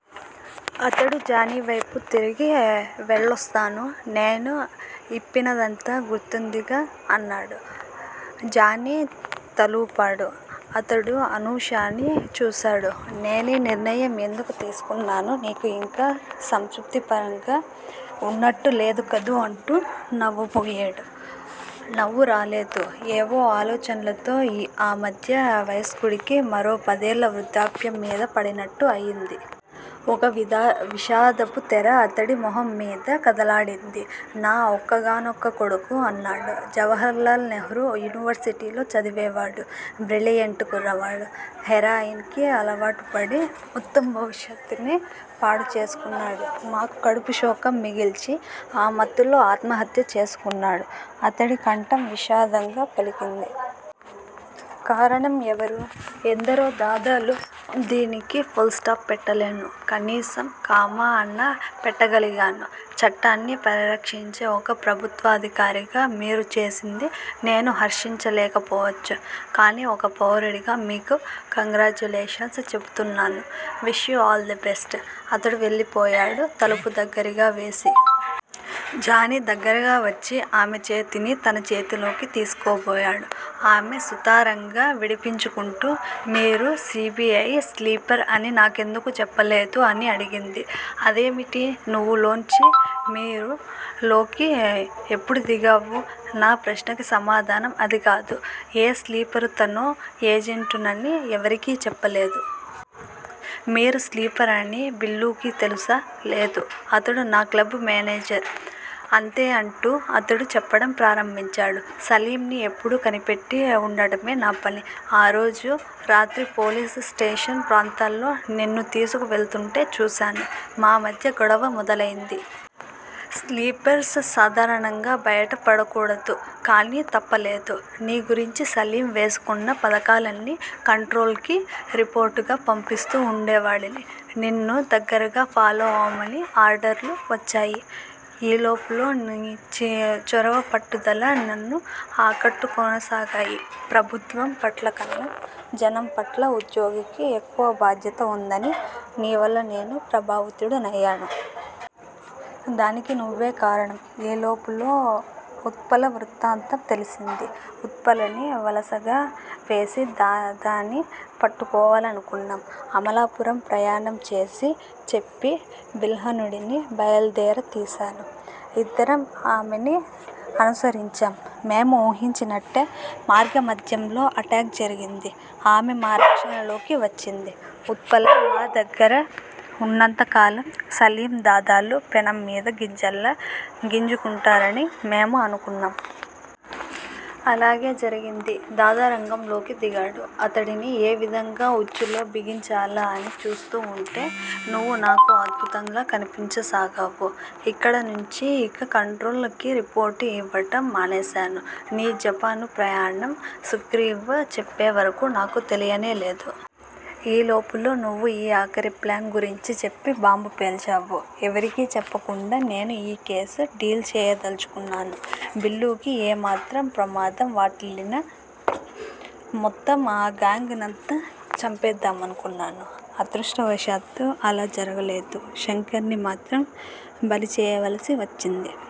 అతడు జానీ వైపు తిరిగి వెళ్ళొస్తాను. నేను చెప్పినదంతా గుర్తుందిగా? అన్నాడు. జానీ తలూపాడు. అతడు అనూషని చూసాడు. నేనీ నిర్ణయం ఎందుకు తీసుకున్నానో నీకు ఇంకా పూర్తి సంతృప్తికరంగా వున్నట్టు లేదు కదూ అంటూ నవ్వబోయేడు. నవ్వు రాలేదు. ఏవో ఆలోచన్లతో ఆ మధ్య వయస్కుడికి మరో పదేళ్ళ వృద్ధాప్యం మీద పడినట్టు అయింది. ఒక విషాదపు తెర అతడి మొహం మీద కదలాడింది. నా ఒక్కగానొక్కకొడుకు అన్నాడు. జవహర్ లాల్ నెహ్రూ యూనివర్శిటీలో చదివేవాడు. బ్రిలియెంట్ కుర్రవాడు. హెరాయిన్ కి అలవాటుపడి మొత్తం భవిష్యత్తునే పాడుచేసుకున్నాడు. మాకు కడుపు శోకం మిగిల్చి ఆ మత్తులో ఆత్మహత్య చేసుకున్నాడు. అతడి కంఠం విషాదంగా పలికింది. కారణం ఎవరు? ఎందరో దాదాలు!! దీనికి పుల్ స్టాప్ పెట్టలేను. కనీసం 'కామా' అన్నా పెట్టగలిగాను!!!! చట్టాన్ని పరిరక్షించే ఒక ప్రభుత్వాధికారిగా మీరు చేసింది నేను హర్షించలేకపోవచ్చు. కానీ ఒక పౌరుడిగా మీకు కంగ్రాచ్యులేషన్స్ చెపుతున్నాను. Wish you all the best. అతడు వెళ్ళిపోయాడు తలుపు దగ్గిరగావేసి. జానీ దగ్గిరగా వచ్చి ఆమె చేతిని తన చేతిలోకి తీసుకోబోయాడు. ఆమె సుతారంగా విడిపించుకుంటూ మీరు సి. బి. ఐ. స్లీపర్ అని నాకెందుకు చెప్పలేదు? అని అడిగింది. అదేమిటి? 'నువ్వు' లోంచి 'మీరు' లోకి ఎప్పుడు దిగావు? నా ప్రశ్నకి సమాధానం అదికాదు. ఏ స్లీపరు తను ఏజెంటునని ఎవరికీ చెప్పడు. మీరు స్లీపర్ అని బిల్లూకి తెలుసా? లేదు. అతడు నా క్లబ్ మానేజర్. అంతే అంటూ అతడు చెప్పటం ప్రారంభించాడు. సలీంని ఎప్పుడూ కనిపెట్టి వుండటమే నాపని. ఆ రోజు రాత్రి పోలీస్ స్టేషన్ ప్రాంతాల్లో నిన్ను తీసుకు వెళ్తూంటే చూసాను. మా మధ్య గొడవ మొదలైంది. స్లీపర్స్ సాధారణంగా బయట పడకూడదు. కానీ తప్పలేదు. నీ గురించి సలీం వేస్తున్న పథకాలన్నీ 'కంట్రోల్' కి రిపోర్ట్ గా పంపిస్తూ వుండేవాడిని. నిన్ను దగ్గిరగా ఫాలో అవమని ఆర్డర్లు వచ్చాయి. ఈలోపులో నీ చొరవా పట్టుదలా నన్ను ఆకట్టుకొనసాగాయి. ప్రభుత్వం పట్లకన్నా జనంపట్ల ఉద్యోగికి ఎక్కువ బాధ్యత వుందని నీవల్ల నేను ప్రభావితుడినయ్యాను. దానికి నువ్వే కారణం! ఈ లోపులో ఉత్పల వృత్తాంతం తెలిసింది. ఉత్పలని వలగా వేసి దాని పట్టుకోవాలనుకున్నాం. అమలాపురం ప్రయాణం అని చెప్పి బిల్హణుడిని బయల్దేర తీసాను. ఇద్దరం ఆమెని అనుసరించాం. మేము ఊహించినట్టే మార్గమాధ్యంలో అటాక్ జరిగింది. ఆమె మా రక్షణలోకి వచ్చింది. ఉత్పల మా దగ్గిర వున్నంత కాలం సలీం, దాదాలు పెనం మీద గింజల్లా గింజుకుంటారని మేము అనుకున్నాం. అలాగే జరిగింది. దాదా రంగంలోకి దిగాడు. అతడిని ఏ విధంగా ఉచ్చులో బిగించాలా అని చూస్తూ వుంటే నువ్వు నాకో అద్భుతంగా కనిపించసాగావు. ఇక్కడనుంచీ ఇక 'కంట్రోల్' కి రిపోర్ట్ ఇవ్వటం మానేసాను. నీ జపాను ప్రయాణం సుగ్రీవ్ చెప్పే వరకు నాకు తెలియనే లేదు. ఈ లోపులో నువ్వు ఈ ఆఖరి ప్లాన్ గురించి చెప్పి బాంబు పేల్చావు. ఎవరికీ చెప్పకుండా నేనే ఈ కేసు డీల్ చేయదల్చుకున్నాను. బిల్లూకి ఏమాత్రం ప్రమాదం వాటిల్లినా మొత్తం ఆ గాంగ్ నంతా చంపెద్దామనుకున్నాను. అదృష్టవశాత్తు అలా జరగలేదు. శంకర్ ని మాత్రం బలిచేయవలసి వచ్చింది.